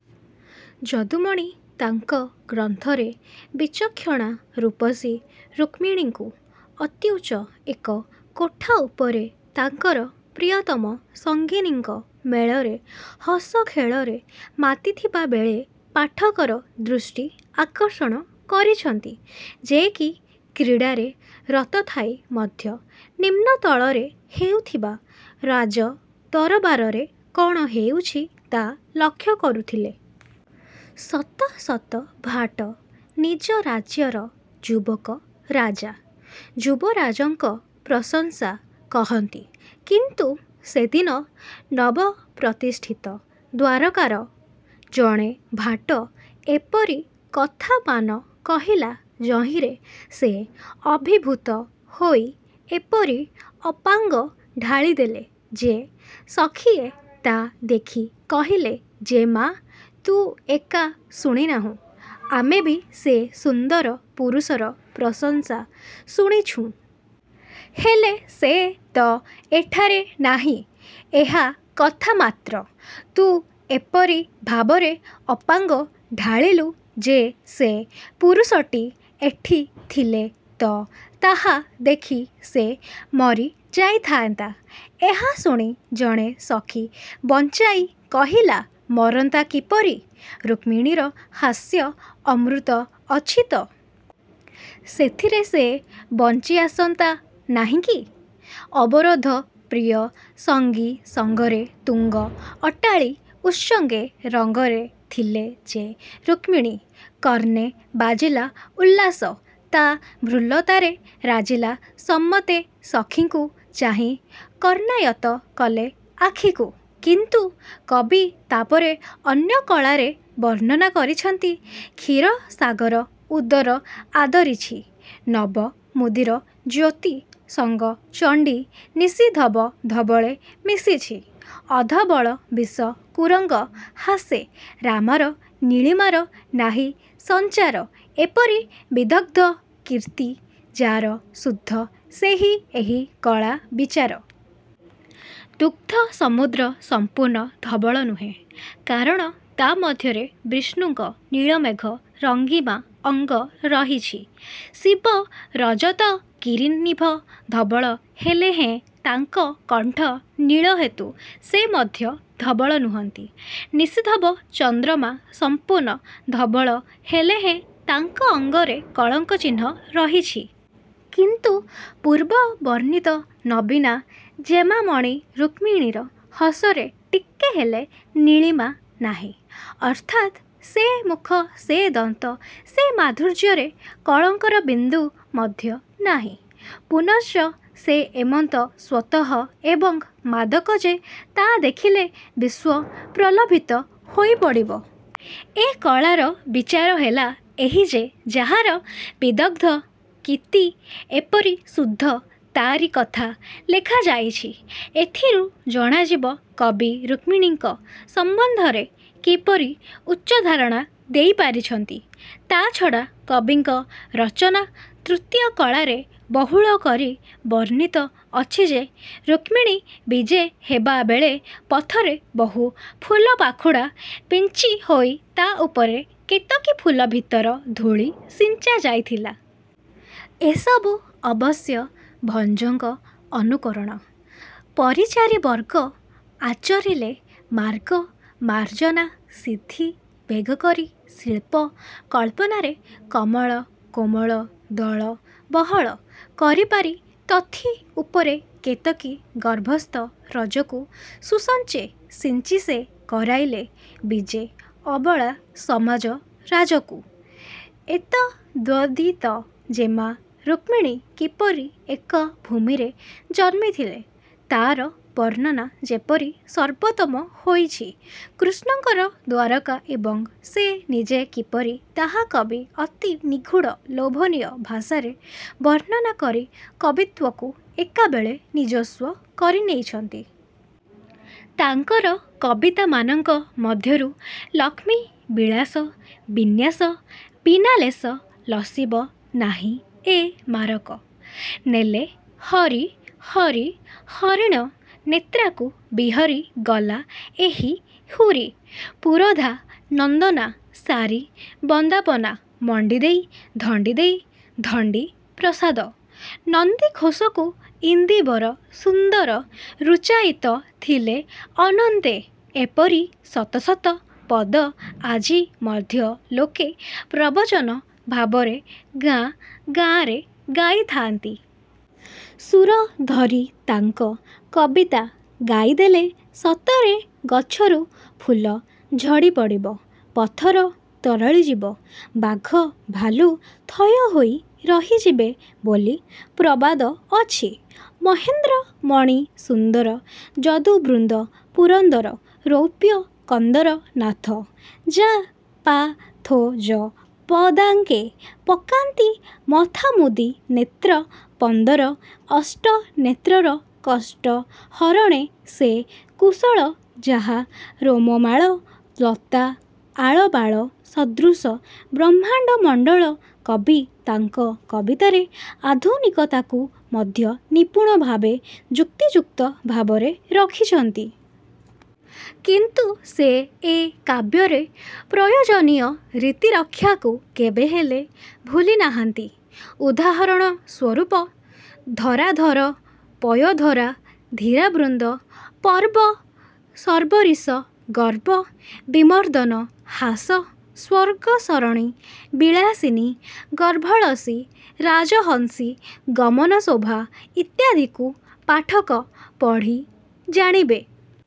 ଯଦୁମଣି ତାଙ୍କ ଗ୍ରନ୍ଥରେ ବିଚକ୍ଷଣା ରୂପସୀ ରୁକ୍ମିଣୀଙ୍କୁ ଅତ୍ୟୁଚ୍ଚ ଏକ କୋଠା ଉପରେ ତାଙ୍କର ପ୍ରିୟତମ ସଙ୍ଗିନୀଙ୍କ ମେଳରେ ହସଖେଳରେ ମାତିଥିବା ବେଳେ ପାଠକର ଦୃଷ୍ଟି ଆକର୍ଷଣ କରିଛନ୍ତି। ଯେ କି କ୍ରୀଡ଼ାରେ ରତ ଥାଇ ମଧ୍ୟ ନିମ୍ନତଳରେ ହେଉଥିବା ରାଜଦରବାରରେ କଣ ହେଉଛି ତା ଲକ୍ଷ୍ୟ କରୁଥିଲେ। ଶତ ଶତ ଭାଟ ନିଜ ରାଜ୍ୟର ଯୁବକ ରାଜା, ଯୁବରାଜଙ୍କ ପ୍ରଶଂସା କହନ୍ତି, କିନ୍ତୁ ସେଦିନ ନବପ୍ରତିଷ୍ଠିତ ଦ୍ୱାରକାର ଜଣେ ଭାଟ ଏପରି କଥାମାନ କହିଲା ଯହିଁରେ ସେ ଅଭିଭୂତ ହୋଇ ଏପରି ଅପାଙ୍ଗ ଢାଳିଦେଲେ ଯେ, ସଖିଏ ତା ଦେଖି କହିଲେ- ଜେମା ତୁ ଏକା ଶୁଣିନାହୁଁ, ଆମେ ବି ସେ ସୁନ୍ଦର ପୁରୁଷର ପ୍ରଶଂସା ଶୁଣିଛୁଁ। ହେଲେ ସେ ତ ଏଠାରେ ନାହିଁ, ଏହା କଥା ମାତ୍ର। ତୁ ଏପରି ଭାବରେ ଅପାଙ୍ଗ ଢାଳିଲୁ ଯେ ସେ ପୁରୁଷଟି ଏଠି ଥିଲେ ତ ତାହା ଦେଖି ସେ ମରି ଯାଇଥାନ୍ତା। ଏହା ଶୁଣି ଜଣେ ସଖି ବଞ୍ଚାଇ କହିଲା-'ମରନ୍ତା କିପରି? ରୁକ୍ମିଣୀର ହାସ୍ୟ ଅମୃତ ଅଛିତ? ସେଥିରେ ସେ ବଞ୍ଚି ଆସନ୍ତା ନାହିଁକି? ' ''ଅବରୋଧ ପ୍ରିୟ ସଙ୍ଗିସଙ୍ଗରେ ତୁଙ୍ଗ ଅଟ୍ଟାଳି ଉତ୍ସଙ୍ଗେ ରଙ୍ଗରେ ଥିଲେ ଯେ ରୁକ୍ମିଣୀ କର୍ଣ୍ଣେ ବାଜିଲା ଉଲ୍ଲାସ ତା ଭ୍ରୁଲତାରେ ରାଜିଲା ସମତ୍ତେ ସଖୀଙ୍କୁ ଚାହିଁ କର୍ଣ୍ଣାୟତ୍ତ କଲେ ଆଖିକୁ"। କିନ୍ତୁ କବି ତାପରେ ଅନ୍ୟ କଳାରେ ବର୍ଣ୍ଣନା କରିଛନ୍ତି- କ୍ଷୀର ସାଗର ଉଦର ଆଦରିଛି ନବ ମୁଦିର ଜ୍ୟୋତି ସଙ୍ଗ ଚଣ୍ଡୀ ନିଶିଧବ ଧବଳେ ମିଶିଛି ଅଧବଳ ବିଷ କୁରଙ୍ଗ ହାସେ ରାମାର ନୀଳିମାର ନାହିଁ ସଂଚାର ଏପରି ବିଦଗ୍ଧ କୀର୍ତ୍ତି ଯାର ଶୁଦ୍ଧ ସେହି ଏହି କଳା ବିଚାର। ଦୁଗ୍ଧ ସମୁଦ୍ର ସଂପୂର୍ଣ୍ଣ ଧବଳ ନୁହେଁ। କାରଣ ତା ମଧ୍ୟରେ ବିଷ୍ଣୁଙ୍କ ନୀଳମେଘ ରଙ୍ଗିମା ଅଙ୍ଗ ରହିଛି। ଶିବ ରଜତଗିରିନିଭ ଧବଳ ହେଲେହେଁ ତାଙ୍କ କଣ୍ଠ ନୀଳହେତୁ ସେ ମଧ୍ୟ ଧବଳ ନୁହନ୍ତି। ନିଶିଧବ ଚନ୍ଦ୍ରମା ସଂପୂର୍ଣ୍ଣ ଧବଳ ହେଲେହେଁ, ତାଙ୍କ ଅଙ୍ଗରେ କଳଙ୍କ ଚିହ୍ନ ରହିଛି। କିନ୍ତୁ ପୂର୍ବ ବର୍ଣ୍ଣିତ ନବୀନା ଜେମାମଣି ରୁକ୍ମିଣୀର ହସରେ ଟିକେ ହେଲେ ନୀଳିମା ନାହିଁ। ଅର୍ଥାତ୍ ସେ ମୁଖ, ସେ ଦନ୍ତ, ସେ ମାଧୁର୍ଯ୍ୟରେ କଳଙ୍କର ବିନ୍ଦୁ ମଧ୍ୟ ନାହିଁ। ପୁନଶ୍ଚ ସେ ଏମନ୍ତ ସ୍ୱତଃ ଏବଂ ମାଦକ ଯେ ତା ଦେଖିଲେ ବିଶ୍ୱ ପ୍ରଲୋଭିତ ହୋଇ ପଡ଼ିବ। ଏ କଳାର ବିଚାର ହେଲା ଏହି ଯେ ଯାହାର ବିଦଗ୍ଧ କୀତ୍ତି ଏପରି ଶୁଦ୍ଧ ତା'ରି କଥା ଲେଖାଯାଇଛି। ଏଥିରୁ ଜଣାଯିବ କବି ରୁକ୍ମିଣୀଙ୍କ। ସମ୍ବନ୍ଧରେ କିପରି ଉଚ୍ଚଧାରଣା ଦେଇପାରିଛନ୍ତି? ତାଛଡ଼ା କବିଙ୍କ ରଚନା ତୃତୀୟ କଳାରେ ବହୁଳ କରି ବର୍ଣ୍ଣିତ ଅଛି ଯେ ରୁକ୍ମିଣୀ ବିଜେହେବାବେଳେ ପଥରେ ବହୁ ଫୁଲପାଖୁଡ଼ା ବିଞ୍ଛିହୋଇ ତା ଉପରେ କେତକୀ ଫୁଲ ଭିତର ଧୂଳି ସିଞ୍ଚା ଯାଇଥିଲା। ଏସବୁ ଅବଶ୍ୟ ଭଞ୍ଜଙ୍କ ଅନୁକରଣ। ''ପରିଚାରି ବର୍ଗ ଆଚରିଲେ ମାର୍ଗ ମାର୍ଜନା ସିଦ୍ଧି ବେଗକରି ଶିଳ୍ପ କଳ୍ପନାରେ କମଳ କୋମଳ ଦଳ ବହଳ କରିପାରି ତଥି ଉପରେ, କେତକୀ ଗର୍ଭସ୍ଥ ରଜକୁ ସୁସଞ୍ଚେ ସିଞ୍ଚିସେ କରାଇଲେ ବିଜେ ଅବଳା ସମାଜ ରାଜକୁ। ଏତଦ୍ବ୍ୟତୀତ ଜେମା ରୁକ୍ମିଣୀ କିପରି ଏକ ଭୂମିରେ ଜନ୍ମିଥିଲେ, ତାର ବର୍ଣ୍ଣନା ଯେପରି ସର୍ବୋତ୍ତମ ହୋଇଛି କୃଷ୍ଣଙ୍କର ଦ୍ୱାରକା ଏବଂ ସେ ନିଜେ କିପରି, ତାହା କବି ଅତି ନିଗୂଢ଼, ଲୋଭନୀୟ ଭାଷାରେ ବର୍ଣ୍ଣନା କରି କବିତ୍ୱକୁ ଏକାବେଳେ ନିଜସ୍ୱ କରି ନେଇଛନ୍ତି। ତାଙ୍କର କବିତାମାନଙ୍କ ମଧ୍ୟରୁ- ''ଲକ୍ଷ୍ମୀ ବିଳାସ ବି-ନ୍ୟାସ ବିନାଲେଶ ଲସିବ ନାହିଁ ଏ ମାରକ" ''ନେଲେ ହରି ହରି ହରିଣ ନେତ୍ରାକୁ ବିହରି ଗଲା ଏହି ହୁରି" ''ପୁରୋଧା ନନ୍ଦନା ସାରି ବନ୍ଦାପନା ମଣ୍ଡିଦେଇ ଧଣ୍ଡିଦେଇ ଧଣ୍ଡି-ପ୍ରସାଦ" ''ନନ୍ଦିଘୋଷକୁ ଇନ୍ଦିବର ସୁନ୍ଦର ରୂଚାଇତ ଥିଲେ ଅନନ୍ତେ" -ଏପରି ଶତ ଶତ ପଦ ଆଜି ମଧ୍ୟ ଲୋକେ ପ୍ରବଚନ ଭାବରେ ଗାଁ ଗାଁରେ ଗାଇଥାନ୍ତି। ସୁର ଧରି ତାଙ୍କ କବିତା ଗାଇଦେଲେ ସତରେ ଗଛରୁ ଫୁଲ ଝଡ଼ିପଡ଼ିବ। ପଥର ତରଳିଯିବ, ବାଘଭାଲୁ ଥୟହୋଇ ରହିଯିବେ ବୋଲି ପ୍ରବାଦଅଛି। ମହେନ୍ଦ୍ର ମଣି ସୁନ୍ଦର ଯଦୁବୃନ୍ଦ ପୁରନ୍ଦର ରୌପ୍ୟ କନ୍ଦର ନାଥ ଯା ପାଥୋଜ ପଦାଙ୍କେ ପକାନ୍ତି ମଥାମୁଦି ନେତ୍ର ପନ୍ଦର ଅଷ୍ଟ ନେତ୍ରର କଷ୍ଟ ହରଣେ ସେ କୁଶଳ ଯାହା ରୋମମାଳ ଲତା ଆଳବାଳ ସଦୃଶ ବ୍ରହ୍ମାଣ୍ଡ ମଣ୍ଡଳ କବି ତାଙ୍କ କବିତାରେ ଆଧୁନିକତାକୁ ମଧ୍ୟ ନିପୂଣ ଭାବେ ଯୁକ୍ତିଯୁକ୍ତ ଭାବରେ ରଖିଛନ୍ତି। କିନ୍ତୁ ସେ ଏ କାବ୍ୟରେ ପ୍ରୟୋଜନୀୟ-ରୀତି ରକ୍ଷାକୁ କେବେହେଲେ ଭୁଲିନାହାନ୍ତି। ଉଦାହରଣ ସ୍ୱରୂପ ''ଧରାଧର ପୟୋଧରା ଧୀରାବୃନ୍ଦ, ପର୍ବ ଶର୍ବରୀଶ ଗର୍ବ ବିମର୍ଦ୍ଦନ ହାସ, ସ୍ୱର୍ଗସରଣୀ ବିଳାସିନୀ ଗର୍ଭଳସୀ ରାଜହଂସୀ ଗମନ ଶୋଭା" ଇତ୍ୟାଦିକୁ ପାଠକ ପଢ଼ି ଜାଣିବେ।